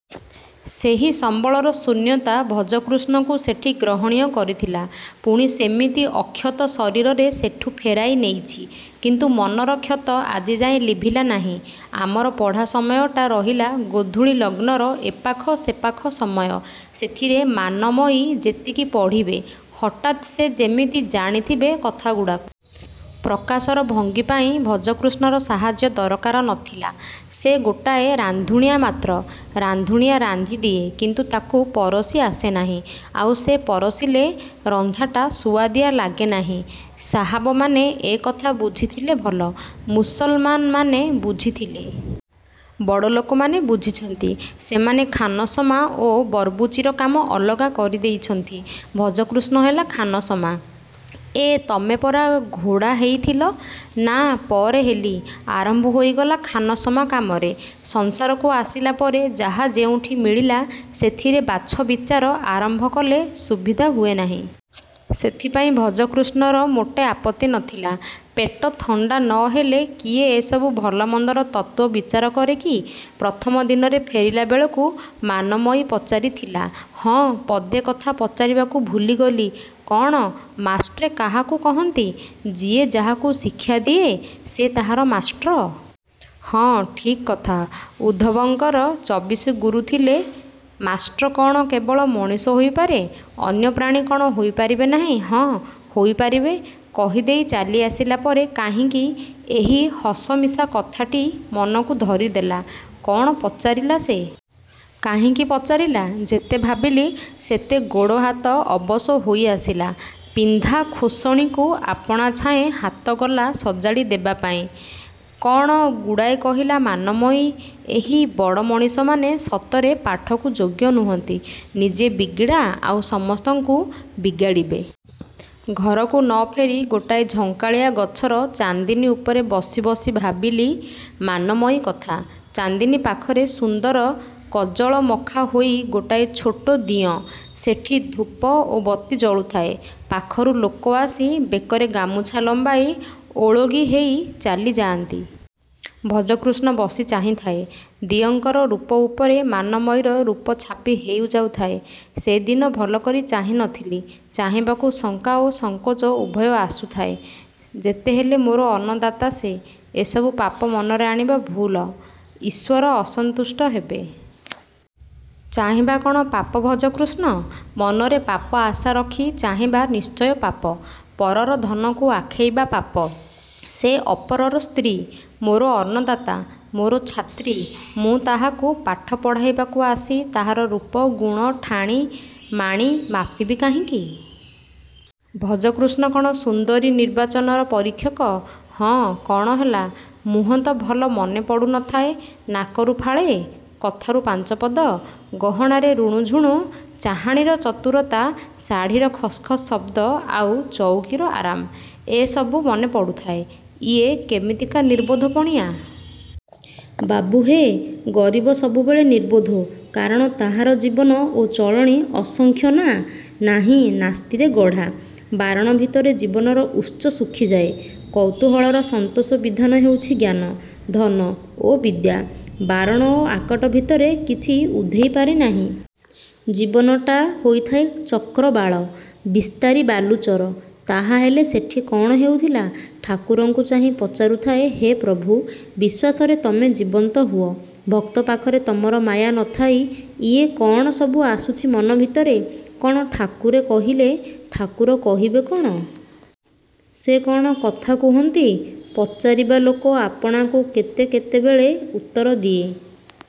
ସେହି ସମ୍ବଳର ଶୂନ୍ୟତା ଭଜକୃଷ୍ଣକୁ ସେଠି ଗ୍ରହଣୀୟ କରିଥିଲା। ପୁଣି ସେମିତି ଅକ୍ଷତ ଶରୀରରେ ସେଠୁ ଫେରାଇ ନେଇଛି; କିନ୍ତୁ ମନର କ୍ଷତ ଆଜିଯାଏ ଲିଭିଲା ନାହିଁ। ଆମର ପଢ଼ା ସମୟଟା ରହିଲା ଗୋଧୂଳି ଲଗ୍ନର ଏପାଖ–ସେପାଖ ସମୟ। ସେଥିରେ ମାନମୟୀ ଯେତିକି ପଢ଼ିବେ। ହଠାତ୍ ସେ ଯେମିତି ଜାଣିଯିବେ କଥାଗୁଡ଼ାକ। ପ୍ରକାଶର ଭଙ୍ଗୀ ପାଇଁ ଭଜକୃଷ୍ଣର ସାହାଯ୍ୟ ଦରକାର ନ ଥିଲା। ସେ ଗୋଟାଏ ରାନ୍ଧୁଣିଆ ମାତ୍ର। ରାନ୍ଧୁଣିଆ ରାନ୍ଧି ଦିଏ; କିନ୍ତୁ ତାକୁ ପରସି ଆସେ ନାହିଁ। ଆଉ ସେ ପରସିଲେ ରନ୍ଧାଟା ସୁଆଦିଆ ଲାଗେ ନାହିଁ। ସାହାବମାନେ ଏ କଥା ବୁଝିଥିଲେ ଭଲ। ମୁସଲମାନମାନେ ବୁଝିଥିଲେ-। ବଡ଼ଲୋକମାନେ ବୁଝିଛନ୍ତି–ସେମାନେ ଖାନସମା ଓ ବବୁର୍ଚ୍ଚିର କାମ ଅଲଗା କରି ଦେଇଛନ୍ତି-। ଭଜକୃଷ୍ଣ ହେଲା ଖାନସମା। –ଏଁ ତମେ ପରା ଘୋଡ଼ା ହେଇଥିଲ। –ନା, ପରେ ହେଲି। ଆରମ୍ଭ ହୋଇଥିଲା ଖାନସମା କାମରେ। ସଂସାରକୁ ଆସିଲା ପରେ ଯାହା ଯେଉଁଠି ମିଳିଲା ସେଥିରେ ବାଛ ବିଚାର ଆରମ୍ଭ କଲେ ସୁବିଧା ହୁଏ ନାହିଁ। ସେଥିପାଇଁ ଭଜକୃଷ୍ଣର ମୋଟେ ଆପତ୍ତି ନ ଥିଲା। ପେଟ ଥଣ୍ଡା ନ ହେଲେ କିଏ ଏସବୁ ଭଲମନ୍ଦର ତତ୍ତ୍ୱ ବିଚାର କରେ କି? ପ୍ରଥମ ଦିନରେ ଫେରିଲା ବେଳକୁ ମାନମୟୀ ପଚାରିଥିଲା–ହଁ, ପଦେ କଥା ପଚାରିବାକୁ ଭୁଲିଗଲି। –କ'ଣ? –ମାଷ୍ଟ୍ର କାହାକୁ କହନ୍ତି? –ଯିଏ ଯାହାକୁ ଶିକ୍ଷା ଦିଏ, ସେ ତାହାର ମାଷ୍ଟ୍ର। –ହଁ, ଠିକ୍ କଥା। –ଉଦ୍ଧବଙ୍କର ଚବିଶି ଗୁରୁ ଥିଲେ। ମାଷ୍ଟ୍ର କ'ଣ କେବଳ ମଣିଷ ହୋଇପାରେ? ଅନ୍ୟ ପ୍ରାଣୀ କ'ଣ ହୋଇ ପାରିବେ ନାହିଁ? –ହଁ, ହୋଇ ପାରିବେ। କହି ଦେଇ ଚାଲିଆସିଲା ପରେ କାହିଁକି ଏହି ହସମିଶା କଥାଟି ମନକୁ ଧରିଦେଲା। କ'ଣ ପଚାରିଲା ସେ? କାହିଁକି ପଚାରିଲା? ଯେତେ ଭାବିଲି ସେତେ ଗୋଡ଼ ହାତ ଅବଶ ହୋଇ ଆସିଲା। ପିନ୍ଧା। ଖୋସଣିକୁ ଆପଣା ଛାଏଁ ହାତ ଗଲା ସଜାଡ଼ି ହେବା ପାଇଁ। କ'ଣ ଗୁଡ଼ାଏ କହିଲା–ମାନମୟୀ? ଏହି ବଡ଼ ମଣିଷମାନେ ସତରେ ପାଠକୁ ଯୋଗ୍ୟ ନୁହନ୍ତି। ନିଜେ ବିଗିଡ଼ା ଆଉ ସମସ୍ତଙ୍କୁ ବିଗାଡ଼ିବେ। ଘରକୁ ନ ଫେରି ଗୋଟାଏ ଝଙ୍କାଳିଆ ଗଛର ଚାନ୍ଦିନୀ ଉପରେ ବସି ବସି ଭାବିଲି ମାନମୟୀ କଥା। ଚାନ୍ଦିନୀ ପାଖରେ ସିନ୍ଦୁର କଜଳ ମଖା ହୋଇ ଗୋଟାଏ ଛୋଟ ଦିଅଁ–ସେଠି ଧୂପ ଓ ବତୀ ଜଳୁଥାଏ। ପାଖରୁ ଲୋକ ଆସି ବେକରେ ଗାମୁଛା ଲମ୍ବାଇ ଓଳଗି ହେଇ ଚାଲିଯାଉଥାନ୍ତି। ଭଜକୃଷ୍ଣ ବସି ଚାହିଁଥାଏ। ଦିଅଁଙ୍କର ରୂପ ଉପରେ ମାନମୟୀର ରୂପ ଛାପି ହୋଇ ଯାଉଥାଏ। ସେଦିନ ଭଲକରି ଚାହିଁ ନ ଥିଲି। ଚାହିଁବାକୁ ଶଙ୍କା ଓ ସଙ୍କୋଚ ଉଭୟ ଆସୁଥାଏ। ଯେତେହେଲେ ମୋର ଅନ୍ନଦାତା ସେ। ଏସବୁ ପାପ ମନରେ ଆଣିବା ଭୁଲ୍। ଈଶ୍ୱର ଅସନ୍ତୁଷ୍ଟ ହେବେ। –ଚାହିଁବା କ'ଣ ପାପ ଭଜକୃଷ୍ଣ? –ମନରେ ପାପ ଆଶା ରଖି ଚାହିଁବା ନିଶ୍ଚୟ ପାପ।... ପରର ଧନକୁ ଆଖେଇବା ପାପ। ସେ ଅପରର ସ୍ତ୍ରୀ। ମୋର ଅନ୍ନଦାତା। ମୋର ଛାତ୍ରୀ। ମୁଁ ତାହାକୁ ପାଠ ପଢ଼ାଇବାକୁ ଆସି ତାହାର ରୂପଗୁଣ, ଠାଣି ମାଣି ମାପିବି କାହିଁକି? ଭଜକୃଷ୍ଣ କ'ଣ ସୁନ୍ଦରୀ ନିର୍ବାଚନର ପରୀକ୍ଷକ? –ହଁ, କ'ଣ ହେଲା? –ମୁହଁ ତ ଭଲ ମନେ ପଡ଼ୁ ନ ଥାଏ। ନାକରୁ ଫାଳେ, କଥାରୁ ପାଞ୍ଚପଦ, ଗହଣାରେ ରୁଣୁଝୁଣୁ, ଚାହାଣୀର ଚତୁରତା, ଶାଢ଼ୀର ଖସ୍ଖସ୍ ଶବ୍ଦ ଆଉ ଚଉକିର ଆରାମ–ଏ ସବୁ ମନେ ପଡ଼ୁଥାଏ। –ଇଏ କେମିତିକା ନିର୍ବୋଧ–ପଣିଆ? –ବାବୁ ହେ! ଗରିବ ସବୁବେଳେ ନିର୍ବୋଧ। କାରଣ ତାହାର ଜୀବନ ଓ ଚଳନି ଅସଂଖ୍ୟ ନା–ନାହିଁ–ନାସ୍ତିରେ ଗଢ଼ା। ବାରଣ ଭିତରେ ଜୀବନର ଉତ୍ସ ଶୁଖିଯାଏ। କୌତୂହଳର ସନ୍ତୋଷ ବିଧାନ ହେଉଛି ଜ୍ଞାନ, ଧନ ଓ ବିଦ୍ୟା। ବାରଣ ଓ ଆକଟ ଭିତରେ କିଛି ଉଧେଇ ପାରେ ନାହିଁ। ଜୀବନଟା ହୋଇଥାଏ ଚକ୍ରବାଳ–ବିସ୍ତାରି ବାଲୁଚର। –ତାହାହେଲେ ସେଠି କ'ଣ ହେଉଥିଲା? –ଠାକୁରଙ୍କୁ ଚାହିଁ ପଚାରୁଥାଏ–ହେ ପ୍ରଭୁ, ବିଶ୍ୱାସରେ ତମେ ଜୀବନ୍ତ ହୁଅ। ଭକ୍ତ ପାଖରେ ତମର ମାୟା ନ ଥାଏ। ଇଏ କ'ଣ ସବୁ ଆସୁଛି ମନ ଭିତରେ? –କ'ଣ ଠାକୁର କହିଲେ? –ଠାକୁର କହିବେ କ'ଣ? ସେ କ'ଣ କଥା କୁହନ୍ତି? ପଚାରିବା ଲୋକ ଆପଣାକୁ କେତେ କେତେବେଳେ ଉତ୍ତର ଦିଏ।